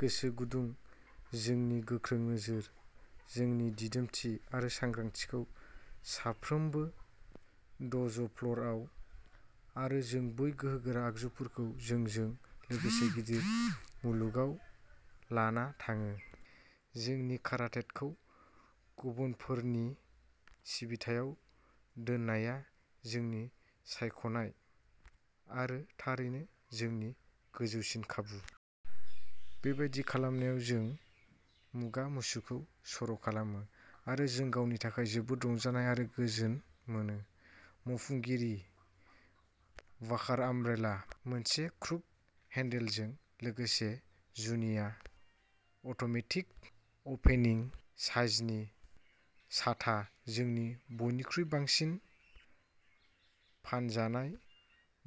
गोसो गुदुं, जोंनि गोख्रों नोजोर, जोंनि दिदोमथि आरो सांग्रांथिखौ साफ्रोमबो द'ज'फ्ल'रआव। आरो जों बै गोहोगोरा आगजुफोरखौ जोंजों लोगोसे गिदिर मुलुगाव लाना थाङो। जोंनि काराटेड'खौ गुबुनफोरनि सिबिथायाव दोननाया जोंनि सायख'नाय, आरो थारैनो, जोंनि गोजौसिन खाबु। बेबादि खालामनायाव, जों मुगा मुचुखौ सर'खालामो, आरो जों गावनि थाखाय जोबोद रंजानाय आरो गोजोन मोनो। मावफुंगिरि वाकार आमब्रेला। मोनसे क्रुक हेन्डेलजों लोगोसे जुनिया अट'मेटिक अपेनिं साइजनि साथा-जोंनि बयनिख्रुइ बांसिन फानजानाय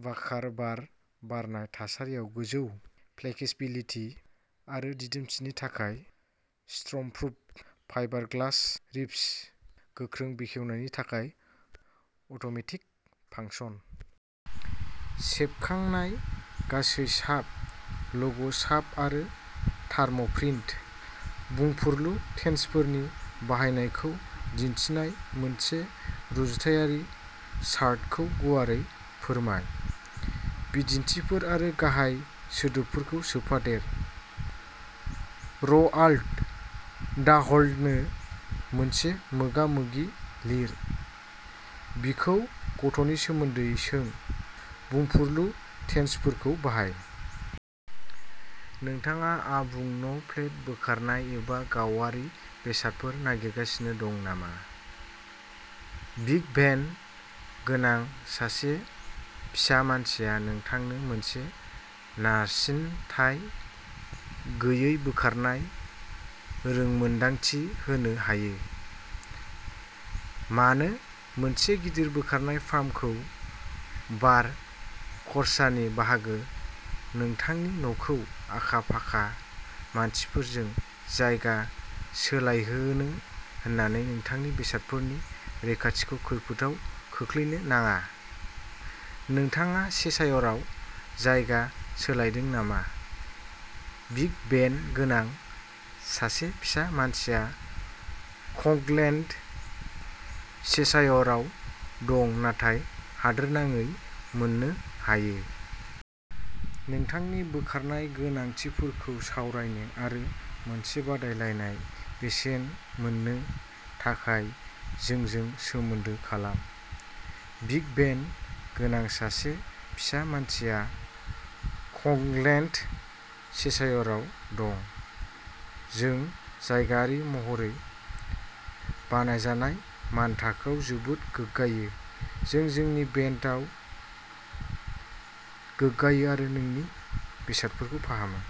वाकार बार बारनाय थासारियाव गोजौ फ्लेसिकबिलिटि आरो दिदोमथिनि थाखाय स्टर्मप्रुफ फाइबारग्लास रिब्स, गोख्रै बेखेवनायनि थाखाय अट'मेटिक फांसन। सेबखांनाय गासै साब, ल'ग साब आरो थार्म'प्रिन्ट। बुंफुरलु टेन्सफोरनि बाहायनायखौ दिन्थिनाय मोनसे रुजुथायारि चार्टखौ गुवारै फोरमाय। बिदिन्थिफोर आरो गाहाय सोदोबफोरखौ सोफादेर। र'आल्ड डाहलनो मोनसे मोगा-मोगि लिर। बिखौ गथ'नि सोमोन्दै सों। बुंफुरलु टेन्सफोरखौ बाहाय। नोंथाङा आबुं न' फ्लेट बोखारनाय एबा गावारि बेसादफोर नागिरगासिनो दं नामा, बिग भेन गोनां सासे फिसा मानसिया नोंथांनो मोनसे नारसिनथाय गैयै बोखारनाय रोंमोनदांथि होनो हायो। मानो मोनसे गिदिर बोखारनाय फार्मखौ भार खरसानि बाहागो नोंथांनि न'खौ आखा-फाखा मानसिफोरजों जायगा सोलायहोनो होनानै नोंथांनि बेसादफोरनि रैखाथिखौ खैफोदआव खोख्लैनो नाङा नोंथाङा चेशायरआव जायगा सोलायदों नामा बिग भेन गोनां सासे फिसा मानसिया कंग्लेट, चेशायरआव दं नाथाय हादोरनाङै मोननो हायो। नोंथांनि बोखारनाय गोनांथिफोरखौ सावरायनो आरो मोनसे बादायलायनाय बेसेन मोननो थाखाय जोंजों सोमोन्दो खालाम। बिग भेन गोनां सासे फिसा मानसिया कंग्लेट, चेशायरआव दं। जों जायगायारि महरै बानायजानाय मानथाखोआव जोबोद गोग्गायो जों जोंनि भेनटआव गोग्गायो आरो नोंथांनि बेसादफोरखौ फाहामो।